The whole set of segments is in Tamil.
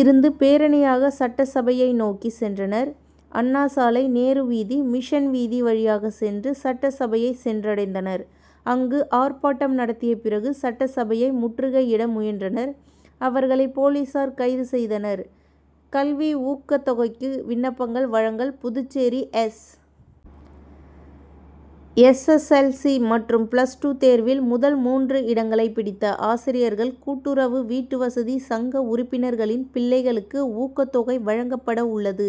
இருந்து பேரணியாக சட்டசபையை நோக்கி சென்றனர். அண்ணா சாலை, நேரு வீதி, மிஷன் வீதி வழியாக சென்று சட்டசபையை சென்றடைந்தனர். அங்கு ஆர்ப்பாட்டம் நடத்திய பிறகு, சட்டசபையை முற் றுகையிட முயன்றனர். அவர்களை போலீசார் கைது செய்தனர். கல்வி ஊக்கத் தொகைக்கு விண்ணப்பங்கள் வழங்கல் Puducherry S. S. L. C., மற்றும் பிளஸ் டூ தேர்வில் முதல் மூன்று இடங்களை பிடித்த ஆசிரியர்கள் கூட்டுறவு வீட்டுவசதிச் சங்க உறுப்பினர்களின் பிள்ளைகளுக்கு ஊக்கத் தொகை வழங்கப்பட உள்ளது.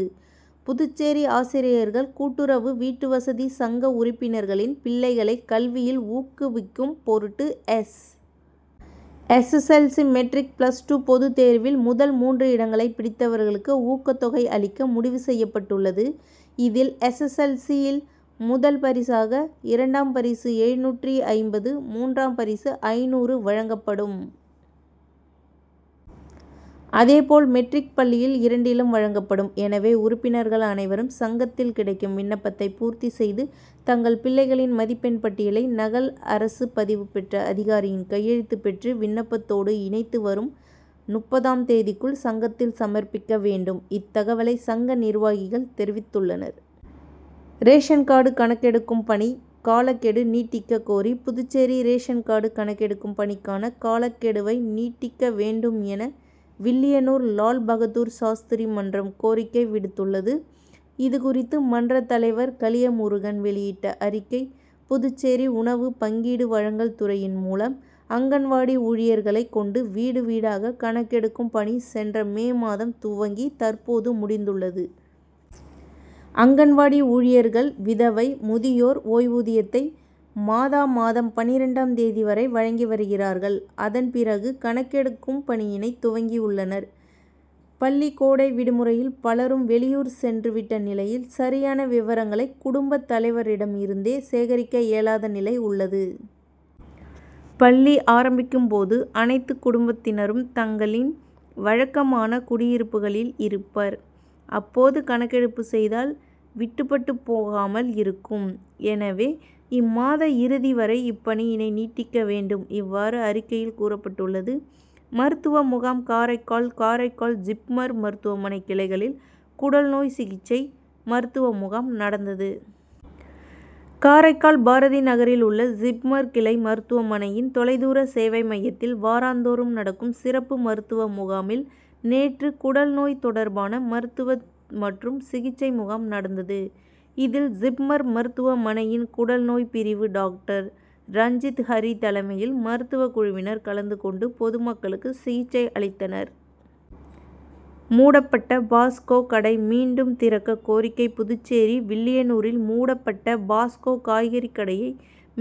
புதுச்சேரி ஆசிரியர்கள் கூட்டுறவு வீட்டுவசதி சங்க உறுப்பினர்களின் பிள்ளைகளை கல்வியில் ஊக்குவிக் கும் பொருட்டு, S. S. L. C., matric, plus two பொதுத் தேர்வில் முதல் மூன்று இடங்களை பிடித்தவர்களுக்கு ஊக்கத் தொகை அளிக்க முடிவு செய்யப்பட்டுள்ளது. இதில் எஸ். எஸ். எல். சி., யில் முதல் பரிசாக, இரண்டாம் பரிசு எழுநூற்று ஐம்பது, மூன்றாம் பரிசு ஐந்நூறு வழங்கப்படும். அதேபோல் மெட்ரிக், பிளஸ் இரண்டிலும் வழங்கப்படும். எனவே, உறுப்பினர்கள் அனைவரும் சங்கத்தில் கிடைக்கும் விண்ணப்பத்தை பூர்த்தி செய்து, தங்கள் பிள்ளைகளின் மதிப்பெண் பட்டியல் நகலில் அரசு பதிவு பெற்ற அதிகாரியின் கையெழுத்து பெற்று, விண்ணப்பத்தோடு இணைத்து, வரும் முப்பதாம் தேதிக்குள் சங்கத்தில் சமர்ப்பிக்க வேண்டும். இத்தகவலை சங்க நிர்வாகிகள் தெரிவித்துள்ளனர். ரேஷன் கார்டு கணக்கெடுக்கும் பணி காலக்கெடு நீட்டிக்க கோரிக்கை புதுச்சேரி ரேஷன் கார்டு கணக்கெடுக்கும் பணிக்கான காலக் கெடுவை நீட்டிக்க வேண் டும் என, வில்லியனூர் லால்பகதூர் சாஸ்திரி மன்றம் கோரிக்கை விடுத் துள்ளது. இது குறித்து மன்றத் தலைவர் கலியமுருகன் வெளியிட்டுள்ள அறிக்கை புதுச்சேரி உணவு பங்கீடு வழங்கல் துறையின் மூலம் அங்கன்வாடி ஊழியர்களை கொண்டு வீடு வீடாக கணக் கெடுக்கும் பணி சென்ற மே மாதம் துவங்கி, தற்போது முடிந் துள்ளது. அங்கன்வாடி ஊழியர் கள் விதவை, முதியோர் ஓய்வூதியத்தை மாதா மாதம் பன்னிரண்டாம் தேதி வரை வழங்கி வருகிறார்கள். அதன் பிறகு கணக்கெடுக் கும் பணியினை துவக்கி உள்ளனர். பள்ளி கோடை விடுமுறையில் பலரும் வெளியூர் சென்று விட்ட நிலையில், சரியான விவரங்களை குடும்ப தலைவரிடம் இருந்த சேரிக்க இயலாத நிலை உள்ளது. பள்ளி ஆரம்பிக்கும் போது அனைத்து குடும்பத்தினரும் தங்களின் வழக்கமான குடியிருப்புகளில் இருப்பர். அப்போது கணக்கெடுப்பு செய்தால், விடுபட்டு போ காமல் இருக்கும். எனவே, இம்மாதம் இறுதி வரை இப்பணியினை நீட்டிக்க வேண்டும். இவ்வாறு அறிக்கையில் கூறப்பட்டுள்ளது. மருத்துவ முகாம் காரைக்கால் காரைக்கால் ஜிப்மர் மருத்துவமனை கிளையில் குடல்நோய் சிகிச்சை மருத்துவ முகாம் நடந்தது. காரைக்கால் பாரதி நகரில் உள்ள ஜிப்மர் கிளை மருத்துவமனையின் தொலைதூர சேவை மையத்தில் வாரந்தோறும் நடக்கும் சிறப்பு மருத்துவமுகாமில் நேற்று குடல் நோய் தொடர்பான மருத் துவ மற்றும் சிகிச்சை முகாம் நடந்தது. இதில் ஜிப்மர் மருத்துவ மனையின் குடல் நோய்கள் பிரிவு டாக்டர் ரஞ்சித்ஹரி தலைமையில் மருத்துவக் குழுவினர் கலந்து கொண்டு, பொதுமக்களுக்கு சிகிச்சை அளித்தனர். மூடப்பட்ட பாப்ஸ்கோ கடைமீண்டும் திறக்க கோரிக்கை புதுச்சேரி வில்லியனூரில் மூடப் பட்ட பாப்ஸ்கோ காய்கறி கடையை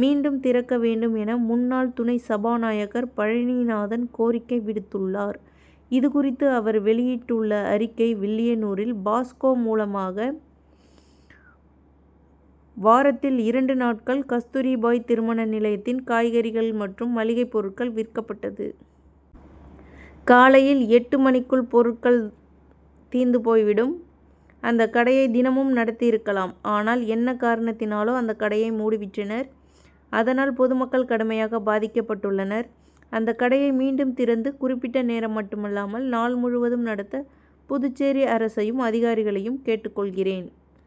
மீண்டும் திறக்க வேண்டும் என முன்னாள் துணை சபாநாயகர் பழனிநாதன் கோரிக்கை விடுத் துள்ளார். இது குறித்து அவர் வெளியிட்டுள்ள அறிக்கை வில்லியனூரில் பாப்ஸ்கோ மூலமாக வாரத் தில் இரண்டு நாட்கள் கஸ்தூரிபாய் திருமண நிலையத்தில் காய்கறிகள் மற்றும் மளிகை பொருட்கள் விற்கப்பட்டது. காலையில் எட்டு மணிக்குள் பொருட் கள் தீர்ந்து போய்விடும். அந்த கடையை தினமும் நடத்தி இருக்கலாம். ஆனால் என்ன காரணத் தினாலோ அந்த கடையை மூடிவிட்டனர். அதனால் பொதுமக்கள் கடுமையாக பாதிக்கப்பட்டுள்ளனர். அந்த கடையை மீண்டும் திறந்து, குறிப்பிட்ட நேரம் மட்டுமில்லாமல் நாள் முழுவதும் நடத்த புதுச்சேரி அரசையும், அதிகாரிகளையும் கேட்டுக் கொள்கிறேன்.